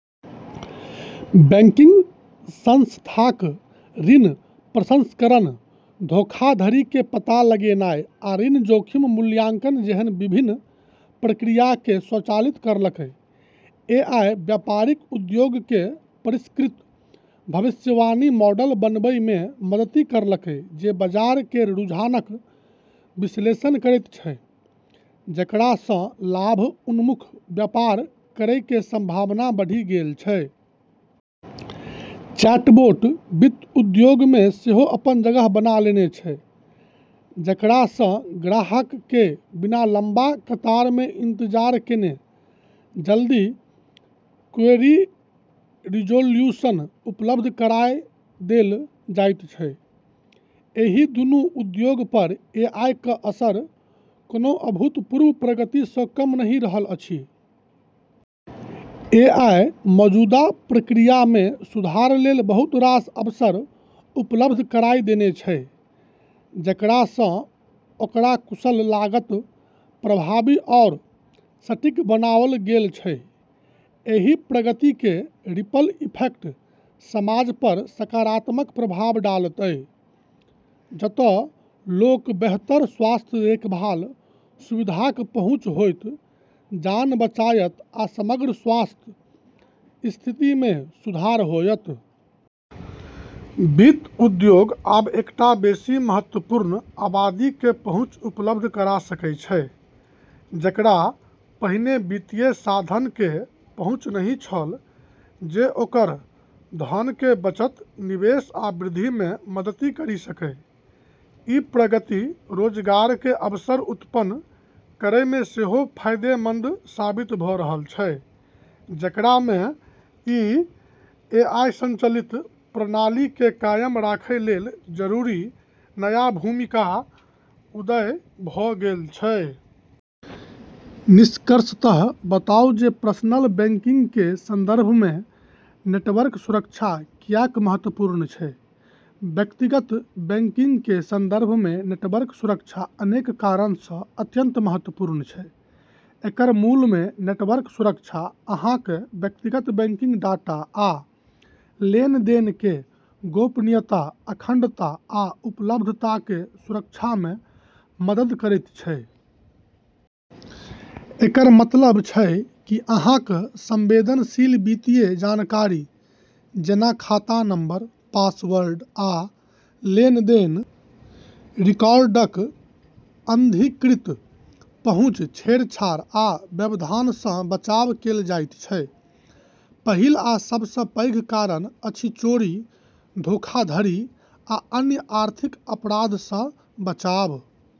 Banking संस्थाक ऋण प्रसंस्करण, धोखाधड़ीकेँ पता लगेनाइ, आ ऋण जोखिम मूल्यांकन जेहन विभिन्न प्रक्रियाके स्वचालित करलकै । एआई व्यापारिक उद्योगकेँ परिष्कृत भविष्यवाणी मॉडल बनबैमे मदति करलकै जे बाजार केर रुझानक विश्लेषण करैत छै, जेकरासँ लाभ-उन्मुख व्यापार करैके संभावना बढ़ि गेल छै। चैटबोट वित्त उद्योगमे सेहो अपन जगह बना लेने छै, जेकरासँ ग्राहकके बिना लम्बा कतारमे इंतजार केने जल्दी क्वेरी रिजोल्यूशन उपलब्ध कराय देलऽ जाइत छै। एहि दूनू उद्योग पर एआई क' असर कोनो अभूतपूर्व प्रगति सँ कम नहि रहल अछि। एआई मौजूदा प्रक्रियामे सुधार लेल बहुत रास अवसर उपलब्ध कराइ देने छै, जेकरासँ ओकरा कुशल, लागत प्रभावी आओर सटीक बनाओल गेल छै। एहि प्रगतिके रिपल इफेक्ट समाज पर सकारात्मक प्रभाव डालतै, जत' लोकऽ बेहतर स्वास्थ्य देखभाल सुविधाक पहुंच होयत, जान बचायत, आ समग्र स्वास्थ्य स्थितिमे सुधार होयत । वित्त उद्योग आब एकटा बेसी महत्वपूर्ण आबादीके पहुँच उपलब्ध करा सकै छै जेकरा पहिने वित्तीय साधनके पहुंच नहि छल जे ओकर धनके बचत, निवेश आ वृद्धिमे मदति करि सकै । ई प्रगति रोजगारके अवसर उत्पन्न करैमे सेहो फाइदेमन्द साबित भ' रहल छै, जेकरामे ई एआई संचालित प्रणालीके कायम राखै लेल जरूरी नया भूमिकाके उदय भ' गेल छै। निष्कर्षतः, बताउ जे पर्सनल बैंकिंगकेँ संदर्भमे नेटवर्क सुरक्षा किएक महत्वपूर्ण छै व्यक्तिगत बैंकिंगकेँ संदर्भमे नेटवर्क सुरक्षा अनेक कारणसँ अत्यंत महत्वपूर्ण छै । एकर मूलमे, नेटवर्क सुरक्षा अहाँक व्यक्तिगत बैंकिंग डाटा आ लेनदेनके गोपनीयता, अखंडता आ उपलब्धताके सुरक्षामे मदद करैत छै । एकर मतलब छै कि अहाँक संवेदनशील वित्तीय जानकारी, जेना खाता नंबर, पासवर्ड, आ लेनदेन रिकॉर्डक अनधिकृत पहुंच, छेड़छाड़ आ व्यवधानसँ बचाव कैल जायत छै । पहिल आ सबसँ पैघ कारण अछि चोरी, धोखाधड़ी आ अन्य आर्थिक अपराधसँ बचाव।